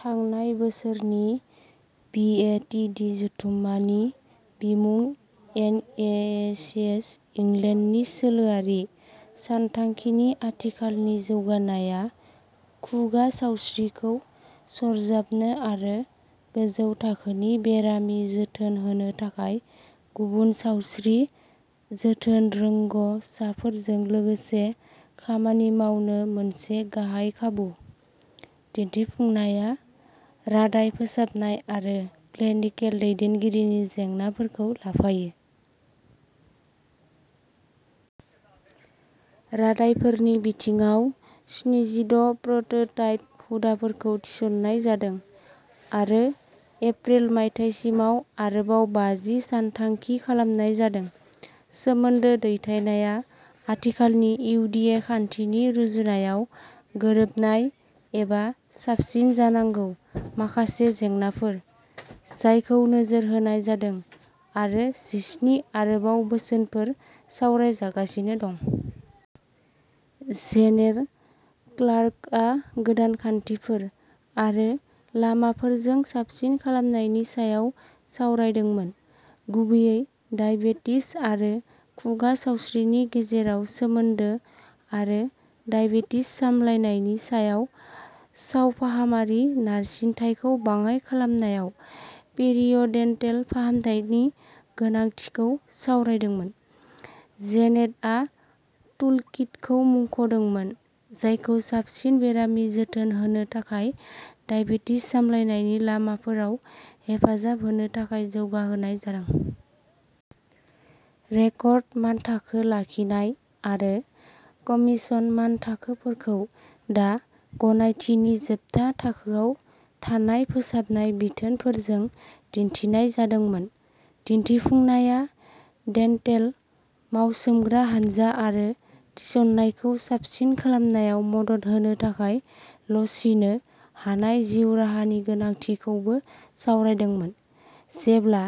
थांनाय बोसोरनि बिएडिटि जथुम्मानि बिमुं एनएइचएस इंलेन्डनि सोलोआरि सानथांखिनि आथिखालनि जौगानायआ खुगा सावस्रिखौ सरजाबनो आरो गोजौ थाखोनि बेरामि जोथोन होनो थाखाय गुबुन सावस्रि जोथोन रोंग' साफोरजों लोगोसे खामानि मावनो मोनसे गाहाय खाबु। दिन्थिफुंनाया रादाय फोसाबनाय आरो क्लिनिकेल दैदेनगिरिनि जेंनाफोरखौ लाफायो। रादायफोरनि बिथिङाव, स्निजिद' प्रटटाइप हुदाफोरखौ थिसननाय जादों आरो एप्रिल मायथाइसिमाव आरोबाव बाजि सानथांखि खालामनाय जादों। सोमोन्दो दैथायनाया आथिखालनि इउडिए खान्थिनि रुजुनायाव गोरोबनाय एबा साबसिन जानांगौ माखासे जेंनाफोर, जायखौ नोजोर होनाय जादों, आरो जिस्नि आरोबाव बोसोनफोर सावरायजागासिनो दं। जेनेट क्लार्कआ गोदान खान्थिफोर आरो लामाफोरजों साबसिन खालामनायनि सायाव सावरायदोंमोन, गुबैयै दाइबेटिस आरो खुगा सावस्रिनि गेजेराव सोमोन्दो, आरो दाइबेटिस सामलायनायनि सायाव सावफाहामारि नारसिनथायखौ बाङाइ खालामनायाव पेरिय'डन्टेल फाहामथायनि गोनांथिखौ सावरायदोंमोन। जेनेटआ टुलकिटखौ मुंख'दोंमोन, जायखौ साबसिन बेरामि जोथोन होनो थाखाय दाइबेटिस सामलायनायनि लामाफोराव हेफाजाब होनो थाखाय जौगाहोनाय जादों। रेकर्ड मानथाखो लाखिनाय आरो कमीशन मानथाखोफोरखौ दा गनायथिनि जोबथा थाखोआव थानाय फोसाबनाय बिथोनफोरजों दिन्थिनाय जादोंमोन। दिन्थिफुंनाया डेन्टेल मावसोमग्रा हानजा आरो थिसननायखौ साबसिन खालामनायाव मदद होनो थाखाय लचिनो हानाय जिउ राहानि गोनांथिखौबो सावरायदोंमोन। जेब्ला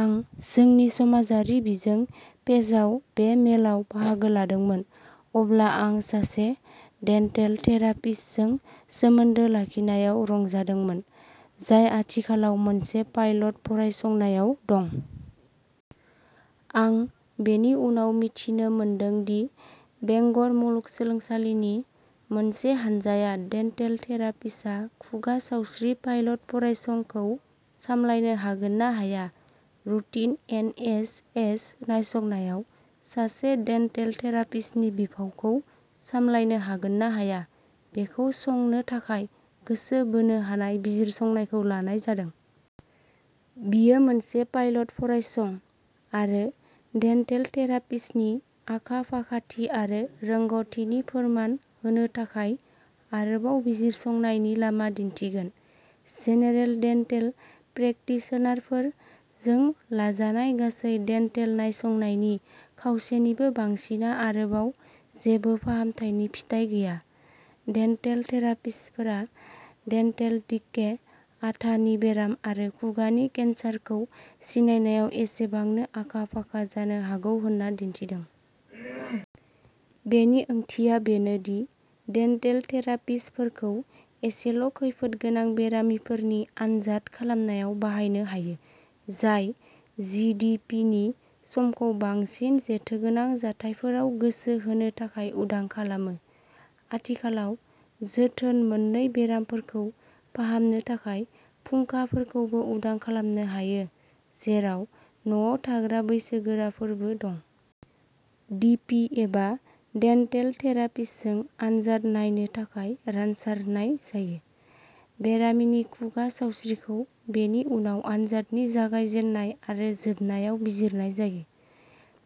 आं जोंनि समाजारि बिजों पेजआव बे मेलाव बाहागो लादोंमोन, अब्ला आं सासे डेन्टेल थेरापिस्टजों सोमोन्दो लाखिनायाव रंजादोंमोन, जाय आथिखालाव मोनसे पाइलट फरायसंनायाव दं। आं बेनि उनाव मिथिनो मोनदों दि बेंगर मुलुगसोलोंसालिनि मोनसे हानजाया डेन्टेल थेरापिस्टआ खुगा सावस्रि पाइलट फरायसंखौ सामलायनो हागोन ना हाया, रुटिन एन एच एस नायसंनायाव सासे डेन्टेल थेरापिस्टनि बिफावखौ सामलायनो हागोन ना हाया, बेखौ संनो थाखाय गोसो बोनो हानाय बिजिरसंनायखौ लानाय जादों। बेयो मोनसे पाइलट फरायसं आरो डेन्टेल थेरापिस्टफोरनि आखा-फाखाथि आरो रोंग'थिनि फोरमान होनो थाखाय आरोबाव बिजिरसंनायनि लामा दिन्थिगोन। जेनेरेल डेन्टेल प्रेकटिशनारफोर जों लाजानाय गासै डेन्टेल नायसंनायनि खावसेनिबो बांसिनआ आरोबाव जेबो फाहामनायनि फिथाय गैया। डेन्टेल थेरापिस्टफोरा डेन्टेल डिके, आथानि बेराम आरो खुगानि केन्सारखौ सिनायनायाव एसेबांनो आखा-फाखा जानो हागौ होनना दिन्थिदों। बेनि ओंथिया बेनो दि डेन्टेल थेरापिस्टफोरखौ एसेल' खैफोदगोनां बेरामिफोरनि आनजाद खालामनायाव बाहायनो हायो, जाय जि डि पि नि समखौ बांसिन जेथोगोनां जाथायफोराव गोसो होनो थाखाय उदां खालामो। आथिखालाव जोथोन मोनै बेरामिफोरखौ फाहामनो थाखाय फुंखाफोरखौबो उदां खालामनो हायो, जेराव न'आव थाग्रा बैसोगोराफोरबो दं। डि पि एबा डेन्टेल थेरापिस्टजों आनजाद नायनो थाखाय रानसारनाय जायो, बेरामिनि खुगा सावस्रिखौ बेनि उनाव आनजादनि जागायजेन्नाय आरो जोबनायाव बिजिरनाय जायो।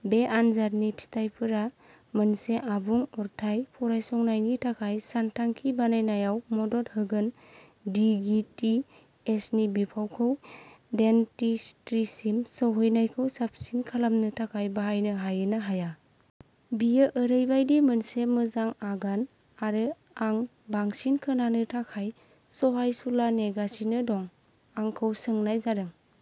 बे आनजादनि फिथायफोरा मोनसे आबुं अरथाय फरायसंनायनि थाखाय सानथांखि बानायनायाव मदद होगोन दि गि थि एस नि बिफावखौ डेन्टिस्ट्रीसिम सौहैनायखौ साबसिन खालामनो थाखाय बाहायनो हायो ना हाया। बेयो ओरैबायदि मोनसे मोजां आगान आरो आं बांसिन खोनानो थाखाय सहायसुला नेगासिनो दं। आंखौ सोंनाय जादों।